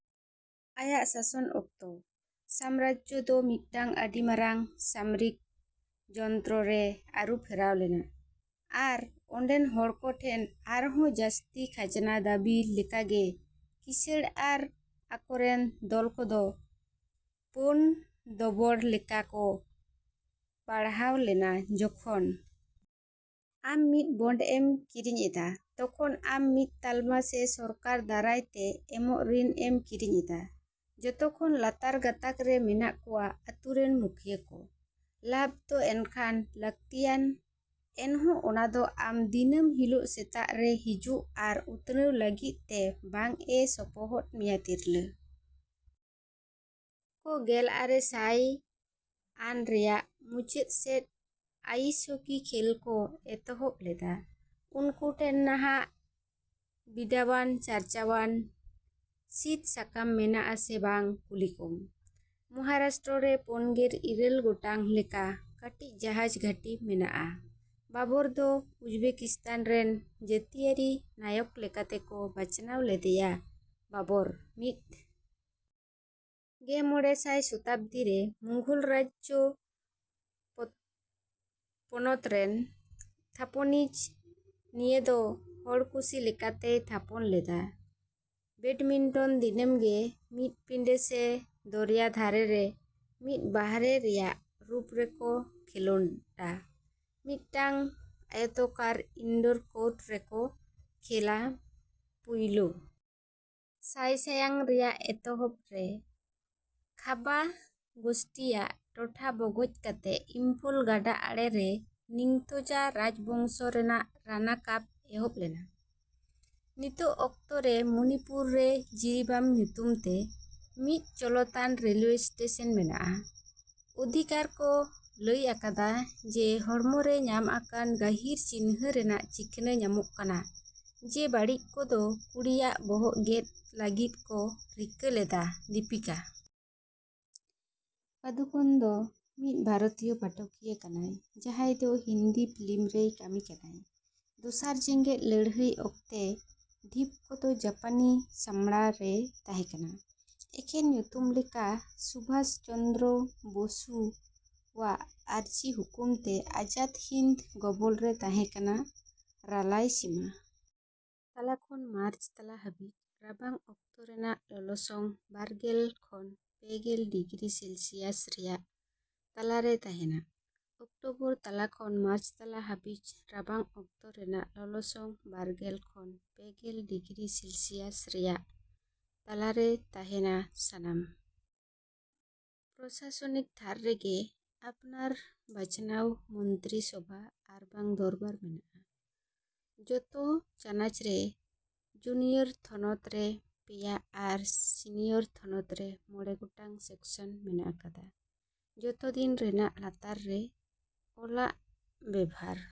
ᱟᱭᱟᱜ ᱥᱟᱥᱚᱱ ᱚᱠᱛᱚ, ᱥᱟᱢᱨᱟᱡᱽᱡᱚ ᱫᱚ ᱢᱤᱫᱴᱟᱝ ᱟᱹᱰᱤ ᱢᱟᱨᱟᱝ ᱥᱟᱢᱚᱨᱤᱠ ᱡᱚᱱᱛᱨᱚ ᱨᱮ ᱟᱹᱨᱩ ᱯᱷᱮᱨᱟᱣ ᱞᱮᱱᱟ ᱟᱨ ᱚᱸᱰᱮᱱ ᱦᱚᱲ ᱠᱚ ᱴᱷᱮᱱ ᱟᱨᱦᱚᱸ ᱡᱟᱹᱥᱛᱤ ᱠᱷᱟᱡᱽᱱᱟ ᱫᱟᱹᱵᱤ ᱞᱮᱠᱟᱜᱮ ᱠᱤᱥᱟᱹᱲ ᱟᱨ ᱟᱠᱚᱨᱮᱱ ᱫᱚᱞ ᱠᱚᱫᱚ ᱯᱳᱱ ᱫᱚᱵᱚᱲ ᱞᱮᱠᱟ ᱠᱚ ᱵᱟᱲᱦᱟᱣ ᱞᱮᱱᱟ᱾ᱡᱚᱠᱷᱚᱱ ᱟᱢ ᱢᱤᱫ ᱵᱚᱱᱰ ᱮᱢ ᱠᱤᱨᱤᱧ ᱮᱫᱟ, ᱛᱚᱠᱷᱚᱱ ᱟᱢ ᱢᱤᱫ ᱛᱟᱞᱢᱟ ᱥᱮ ᱥᱚᱨᱠᱟᱨ ᱫᱟᱨᱟᱭ ᱛᱮ ᱮᱢᱚᱜ ᱨᱤᱱ ᱮᱢ ᱠᱤᱨᱤᱧ ᱮᱫᱟ᱾ᱡᱚᱛᱚ ᱠᱷᱚᱱ ᱞᱟᱛᱟᱨ ᱜᱟᱸᱛᱟᱠ ᱨᱮ ᱢᱮᱱᱟᱜ ᱠᱚᱣᱟ ᱟᱛᱩ ᱨᱮᱱ ᱢᱩᱠᱷᱤᱭᱟᱹ ᱠᱚ᱾ᱞᱟᱵᱷᱫᱚ ᱮᱱᱠᱷᱟᱱ ᱞᱟᱹᱠᱛᱤᱭᱟᱱ, ᱮᱱᱦᱚᱸ ᱚᱱᱟᱫᱚ ᱟᱢ ᱫᱤᱱᱟᱹᱢ ᱦᱤᱞᱳᱜ ᱥᱮᱛᱟᱜᱽᱨᱮ ᱦᱤᱡᱩᱜ ᱟᱨ ᱩᱛᱱᱟᱹᱣ ᱞᱟᱹᱜᱤᱫᱛᱮ ᱵᱟᱝᱼᱮ ᱥᱚᱯᱚᱦᱚᱫ ᱢᱮᱭᱟ᱾ᱛᱤᱨᱞᱟᱹ ᱠᱚ ᱜᱮᱞ ᱟᱨᱮ ᱥᱟᱭ ᱟᱱ ᱨᱮᱭᱟᱜ ᱢᱩᱪᱟᱹᱫ ᱥᱮᱫ ᱟᱭᱤᱥ ᱦᱚᱠᱤ ᱠᱷᱮᱞ ᱠᱚ ᱮᱛᱚᱦᱚᱵ ᱞᱮᱫᱟ᱾ᱩᱱᱠᱩ ᱴᱷᱮᱱ ᱱᱟᱦᱟᱜ ᱵᱤᱰᱟᱣᱟᱱᱼᱪᱟᱨᱪᱟᱣᱟᱱ ᱥᱤᱫᱥᱟᱠᱟᱢ ᱢᱮᱱᱟᱜ ᱟᱥᱮ ᱵᱟᱝ ᱠᱩᱞᱤᱠᱚᱢ᱾ᱢᱚᱦᱟᱨᱟᱥᱴᱨᱚ ᱨᱮ ᱯᱳᱱ ᱜᱮᱞ ᱤᱨᱟᱹᱞ ᱜᱚᱴᱟᱝ ᱞᱮᱠᱟ ᱠᱟᱹᱴᱤᱡ ᱡᱟᱦᱟᱡᱽ ᱜᱷᱟᱹᱴᱤ ᱢᱮᱱᱟᱜᱼᱟ᱾ᱵᱟᱵᱚᱨ ᱫᱚ ᱩᱡᱽᱵᱮᱠᱤᱥᱛᱟᱱ ᱨᱮᱱ ᱡᱟᱹᱛᱤᱭᱟᱹᱨᱤ ᱱᱟᱭᱚᱠ ᱞᱮᱠᱟᱛᱮᱠᱚ ᱵᱟᱪᱷᱱᱟᱣ ᱞᱮᱫᱮᱭᱟ᱾ᱵᱟᱵᱚᱨ, ᱢᱤᱫ ᱜᱮ ᱢᱚᱬᱮᱸ ᱥᱟᱭ ᱥᱚᱛᱟᱵᱽᱫᱤ ᱨᱮ ᱢᱩᱜᱷᱳᱞ ᱨᱟᱡᱽ ᱯᱚᱱᱚᱛᱨᱮᱱ ᱛᱷᱟᱯᱚᱱᱤᱡ, ᱱᱤᱭᱟᱹ ᱫᱚ ᱦᱚᱲᱠᱩᱥᱤ ᱞᱮᱠᱟᱛᱮᱭ ᱛᱷᱟᱯᱚᱱ ᱞᱮᱫᱟ᱾ᱵᱮᱰᱢᱤᱱᱴᱚᱱ ᱫᱤᱱᱟᱹᱢ ᱜᱮ ᱢᱤᱫ ᱯᱤᱸᱰᱟᱹ ᱥᱮ ᱫᱚᱨᱭᱟ ᱫᱷᱟᱨᱮ ᱨᱮ ᱢᱤᱫ ᱵᱟᱦᱨᱮ ᱨᱮᱭᱟᱜᱽ ᱨᱩᱯ ᱨᱮᱠᱚ ᱠᱷᱮᱞᱳᱰᱟ, ᱢᱤᱫ ᱴᱟᱝ ᱟᱭᱚᱛᱚᱠᱟᱨ ᱤᱱᱰᱚᱨ ᱠᱚᱨᱴ ᱨᱮᱠᱚ ᱠᱷᱮᱞᱟ᱾ᱯᱩᱭᱞᱳ ᱥᱟᱭᱥᱟᱭᱟᱝ ᱨᱮᱱᱟᱜ ᱮᱛᱚᱦᱵ ᱨᱮ, ᱠᱷᱟᱵᱟ ᱜᱳᱥᱴᱤᱭᱟᱜ ᱴᱚᱴᱷᱟ ᱵᱚᱜᱚᱡ ᱠᱟᱛᱮ, ᱤᱢᱯᱷᱚᱞ ᱜᱟᱰᱟ ᱟᱲᱮᱨᱮ ᱱᱤᱝᱛᱷᱳᱡᱟ ᱨᱟᱡᱽ ᱵᱚᱝᱥᱚ ᱨᱮᱱᱟᱜ ᱨᱟᱱᱟ ᱠᱟᱯ ᱮᱦᱚᱵ ᱞᱮᱱᱟ᱾ᱱᱤᱛᱚᱜ ᱚᱠᱛᱚ ᱨᱮ ᱢᱚᱱᱤᱯᱩᱨ ᱨᱮ ᱡᱤᱨᱤᱵᱟᱢ ᱧᱩᱛᱩᱢᱛᱮ ᱢᱤᱫ ᱪᱚᱞᱚᱛᱟᱱ ᱨᱮᱞᱣᱮ ᱥᱴᱮᱥᱚᱱ ᱢᱮᱱᱟᱜᱼᱟ᱾ᱟᱫᱷᱤᱠᱟᱨ ᱠᱚ ᱞᱟᱹᱭ ᱟᱠᱟᱫᱟ ᱡᱮ ᱦᱚᱲᱢᱚ ᱨᱮ ᱧᱟᱢ ᱟᱠᱟᱱ ᱜᱟᱹᱦᱤᱨ ᱪᱤᱱᱦᱟᱹ ᱨᱮᱱᱟᱜ ᱪᱤᱠᱷᱱᱟᱹ ᱧᱟᱢᱚᱜ ᱠᱟᱱᱟ ᱡᱮ ᱵᱟᱹᱲᱤᱡ ᱠᱚ ᱫᱚ ᱠᱩᱲᱤᱭᱟᱜ ᱵᱚᱦᱚᱜ ᱜᱮᱫᱽ ᱞᱟᱹᱜᱤᱫ ᱠᱚ ᱨᱤᱠᱟᱹ ᱞᱮᱫᱟ᱾ᱫᱤᱯᱤᱠᱟ ᱯᱟᱫᱩᱠᱚᱱ ᱢᱤᱫ ᱵᱷᱟᱨᱚᱛᱤᱭᱚ ᱯᱟᱴᱷᱚᱠᱤᱭᱟᱹ ᱠᱟᱱᱟᱭ ᱡᱟᱸᱦᱟᱭ ᱫᱚ ᱦᱤᱱᱫᱤ ᱯᱷᱤᱞᱤᱢ ᱨᱮᱭ ᱠᱟᱹᱢᱤ ᱠᱟᱱᱟᱭ᱾ᱫᱚᱥᱟᱨ ᱡᱮᱜᱮᱫ ᱞᱟᱹᱲᱦᱟᱹᱭ ᱚᱠᱛᱮ, ᱰᱷᱤᱯ ᱠᱚᱫᱚ ᱡᱟᱯᱟᱱᱤ ᱥᱟᱢᱵᱲᱟᱣ ᱨᱮ ᱛᱟᱦᱮᱸᱠᱟᱱᱟ, ᱮᱠᱷᱮᱱ ᱧᱩᱛᱩᱢ ᱞᱮᱠᱟ ᱥᱩᱵᱷᱟᱥ ᱪᱚᱱᱫᱚᱨᱚ ᱵᱚᱥᱩ ᱟᱜ ᱟᱨᱡᱤ ᱦᱚᱠᱩᱢ ᱛᱮ ᱟᱡᱟᱫᱽ ᱦᱤᱱᱫᱽ ᱜᱚᱵᱚᱞ ᱨᱮ ᱛᱟᱦᱮᱸᱠᱟᱱᱟ᱾ᱨᱟᱞᱟᱭᱥᱤᱢᱟ ᱛᱟᱞᱟ ᱠᱷᱚᱱ ᱢᱟᱨᱪ ᱛᱟᱞᱟ ᱦᱟᱹᱵᱤᱡ ᱨᱟᱵᱟᱝ ᱚᱠᱛᱚ ᱨᱮᱱᱟᱜ ᱞᱚᱞᱚᱥᱚᱝ ᱵᱟᱨ ᱜᱮᱞ ᱠᱷᱚᱱ ᱯᱮ ᱜᱮᱞ ᱰᱤᱜᱽᱨᱤ ᱥᱮᱞᱥᱤᱭᱟᱥ ᱨᱮᱭᱟᱜ ᱛᱟᱞᱟ ᱨᱮ ᱛᱟᱦᱮᱸᱱᱟ᱾ᱚᱠᱴᱚᱵᱚᱨ ᱛᱟᱞᱟ ᱠᱷᱚᱱ ᱢᱟᱨᱪ ᱛᱟᱞᱟ ᱦᱟᱹᱵᱤᱡ ᱨᱟᱵᱟᱝ ᱚᱠᱛᱚ ᱨᱮᱱᱟᱜ ᱞᱚᱞᱚᱥᱚᱝ ᱵᱟᱨ ᱜᱮᱞ ᱠᱷᱚᱱ ᱯᱮ ᱜᱮᱞ ᱰᱤᱜᱽᱨᱤ ᱥᱮᱞᱥᱤᱭᱟᱥ ᱨᱮᱭᱟᱜ ᱛᱟᱞᱟ ᱨᱮ ᱛᱟᱦᱮᱸᱱᱟ᱾ᱥᱟᱱᱟᱢ ᱯᱨᱚᱥᱟᱥᱚᱱᱤᱠ ᱛᱷᱟᱨ ᱨᱮᱜᱮ ᱟᱯᱱᱟᱨ ᱵᱟᱪᱷᱱᱟᱶ ᱢᱚᱱᱛᱨᱤ ᱥᱚᱵᱷᱟ ᱟᱨᱵᱟᱝ ᱫᱚᱨᱵᱟᱨ ᱢᱮᱱᱟᱜᱼᱟ᱾ᱡᱚᱛᱚ ᱪᱟᱱᱟᱪᱨᱮ ᱡᱩᱱᱤᱭᱚᱨ ᱛᱷᱚᱱᱚᱛ ᱨᱮ ᱯᱮᱭᱟ ᱟᱨ ᱥᱤᱱᱤᱭᱚᱨ ᱛᱷᱚᱱᱚᱛ ᱨᱮ ᱢᱚᱬᱮ ᱜᱚᱴᱟᱝ ᱥᱮᱠᱥᱚᱱ ᱢᱮᱱᱟᱜ ᱟᱠᱟᱫᱟ᱾ᱡᱚᱛᱚ ᱫᱤᱱ ᱨᱮᱱᱟᱜ ᱞᱟᱛᱟᱨ ᱨᱮ ᱚᱞᱟᱜ ᱵᱮᱵᱷᱟᱨ